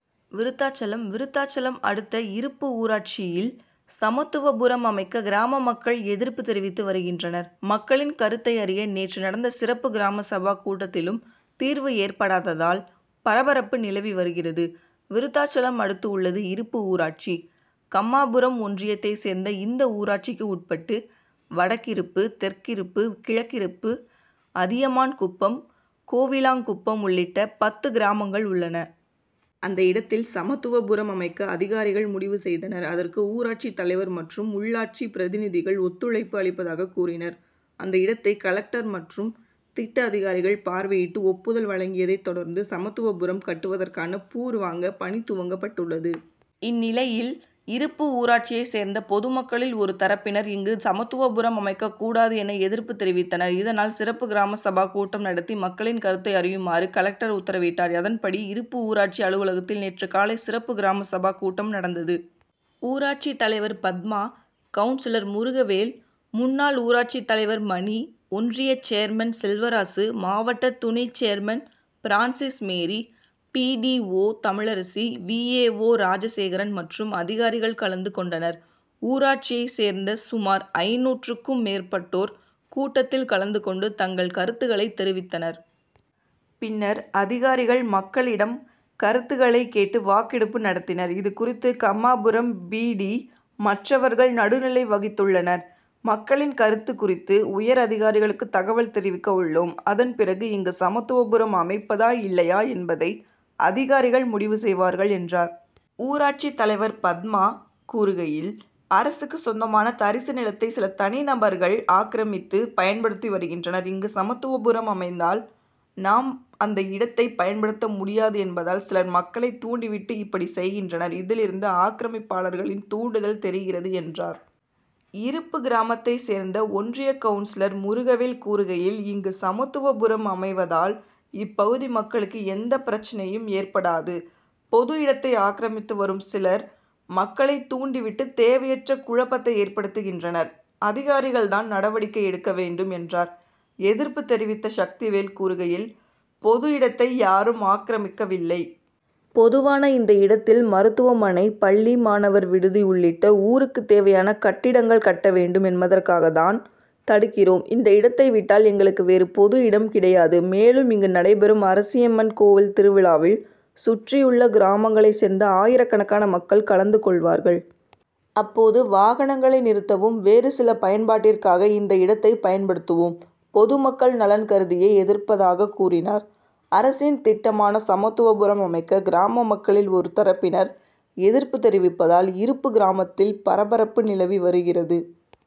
விருத்தாசலம் விருத்தாசலம் அடுத்த இருப்பு ஊராட்சியில் சமத்துவபுரம் அமைக்க கிராம மக்கள் எதிர்ப்பு தெரிவித்து வருகின்றனர். மக்களின் கருத்தை அறிய நேற்று நடந்த சிறப்பு கிராம சபா கூட்டத்திலும் தீர்வு ஏற்படாததால் பரபரப்பு நிலவி வருகிறது. விருத்தாசலம் அடுத்து உள்ளது இருப்பு ஊராட்சி. கம்மாபுரம் ஒன்றியத்தை சேர்ந்த இந்த ஊராட்சிக்கு உட்பட்டு வடக்கிருப்பு, தெற்கிருப்பு, கிழக்கிருப்பு, அதியமான்குப்பம், கோவிலாங்குப்பம் உள்ளிட்ட பத்து கிராமங்கள் உள்ளன. அந்த இடத்தில் சமத்துவபுரம் அமைக்க அதிகாரிகள் முடிவு செய்தனர். அதற்கு ஊராட்சி தலைவர் மற்றும் உள்ளாட்சி பிரதிநிதிகள் ஒத்துழைப்பு அளிப்பதாக கூறினர். அந்த இடத்தை கலெக்டர் மற்றும் திட்ட அதிகாரிகள் பார்வையிட்டு ஒப்புதல் வழங்கியதை தொடர்ந்து சமத்துவபுரம் கட்டுவதற்கான பூர் வாங்க பணி துவங்கப் பட்டுள்ளது. இந்நிலையில் இருப்பு ஊராட்சியை சேர்ந்த பொதுமக்களில் ஒரு தரப்பினர் இங்கு சமத்துவபுரம் அமைக்க கூடாது என எதிர்ப்பு தெரிவித்தனர். இதனால் சிறப்பு கிராம சபா கூட்டம் நடத்தி மக்களின் கருத்தை அறியுமாறு கலெக்டர் உத்தரவிட்டார். அதன்படி இருப்பு ஊராட்சி அலுவலகத்தில் நேற்று காலை சிறப்பு கிராம சபா கூட்டம் நடந் தது. ஊராட்சி தலைவர் பத்மா, கவுன்சிலர் முருகவேல், முன்னாள் ஊராட்சி தலைவர் மணி, ஒன்றிய சேர்மன் செல்வராசு, மாவட்ட துணை chairman Francis Mary, B. D. O., Tamilarasi, V. A. O., Rajasekaran மற்றும் அதிகாரிகள் கலந்து கொண்டனர். ஊராட்சியை சேர்ந்த சுமார் ஐந்நூறுக்கும் மேற்பட்டோர் கூட்டத்தில் கலந்து கொண்டு தங்கள் கருத்துகளை தெரிவித்தனர். பின் னர் அதிகாரிகள் மக்களிடம் கருத்துகளை கேட்டு வாக்கெடுப்பு நடத்தினர். இதுகுறித்து கம்மாபுரம் பி. டி. மற்றவர்கள் நடுநிலை வகித்துள்ளனர். மக்களின் கருத்து குறித்து உயர் அதிகாரிகளுக்கு தகவல் தெரிவிக்க உள்ளோம். அதன் பிறகு இங்கு சமத்துவபுரம் அமைப்பதா? இல்லையா என்பதை அதிகாரிகள் முடிவு செய்வார்கள் என்றார். ஊராட்சி தலைவர் பத்மா கூறுகையில், அரசுக்கு சொந்தமான தரிசு நிலத்தை சில தனி நபர்கள் ஆக்கிரமித்து பயன்படுத்தி வருகின்றனர். இங்கு சமத் துவபுரம் அமைந்தால் நாம் அந்த இடத்தை பயன்படுத்த முடியாது என்பதால் சிலர் மக்களை தூண்டிவிட்டு இப்படி செய்கின்றனர். இதிலிருந்து ஆக்கிரமிப்பாளர்களின் தூண்டுதல் தெரிகிறது என்றார். இருப்பு கிராமத்தை சேர்ந்த ஒன்றிய கவுன்சிலர் முருகவேல் கூறுகையில், இங்கு சமத்துவபுரம் அமைவதால் இப்பகுதி மக்களுக்கு எந்த பிரச்னையும் ஏற்படாது. பொது இடத்தை ஆக்கிரமித்து வரும் சிலர் மக்களை தூண்டி விட்டு தேவையற்ற குழப்பத்தை ஏற்படுத்துகின்றனர். அதிகாரிகள் தான் நடவடிக்கை எடுக்கவேண்டும் என்றார். எதிர்ப்பு தெரிவித்த சக்திவேல் கூறுகையில் பொது இடத்தை யாரும் ஆக்கிரமிக்கவில்லை. பொதுவான இந்த இடத்தில் மருத்துவமனை, பள்ளி, மாணவர் விடுதி உள்ளிட்ட ஊருக்கு தேவையான கட்டிடங்கள் கட்ட வேண்டும் என்பதற்காகதான் தடுக்கிறோம். இந்த இடத்தை விட்டால் எங்களுக்கு வேறு பொது இடம் கிடையாது. மேலும் இங்கு நடைபெறும் அரசியம்மன் கோவில் திருவிழாவில் சுற்றியுள்ள கிராமங்களை சேர்ந்த ஆயிரக்கணக்கான மக்கள் கலந்து கொள் வார்கள். அப்போது வாகனங்களை நிறுத்தவும், வேறு சில பயன்பாட்டிற்காக இந்த இடத்தை பயன்படுத்துவோம். பொதுமக்கள் நலன் கருதியே எதிர்ப்பதாக கூறினார். அரசின் திட்டமான சமத்துவபுரம் அமைக்க கிராம மக்களில் ஒரு தரப்பினர் எதிர்ப்பு தெரிவிப்பதால் இருப்பு கிராமத்தில் பரபரப்பு நிலவி வருகிறது.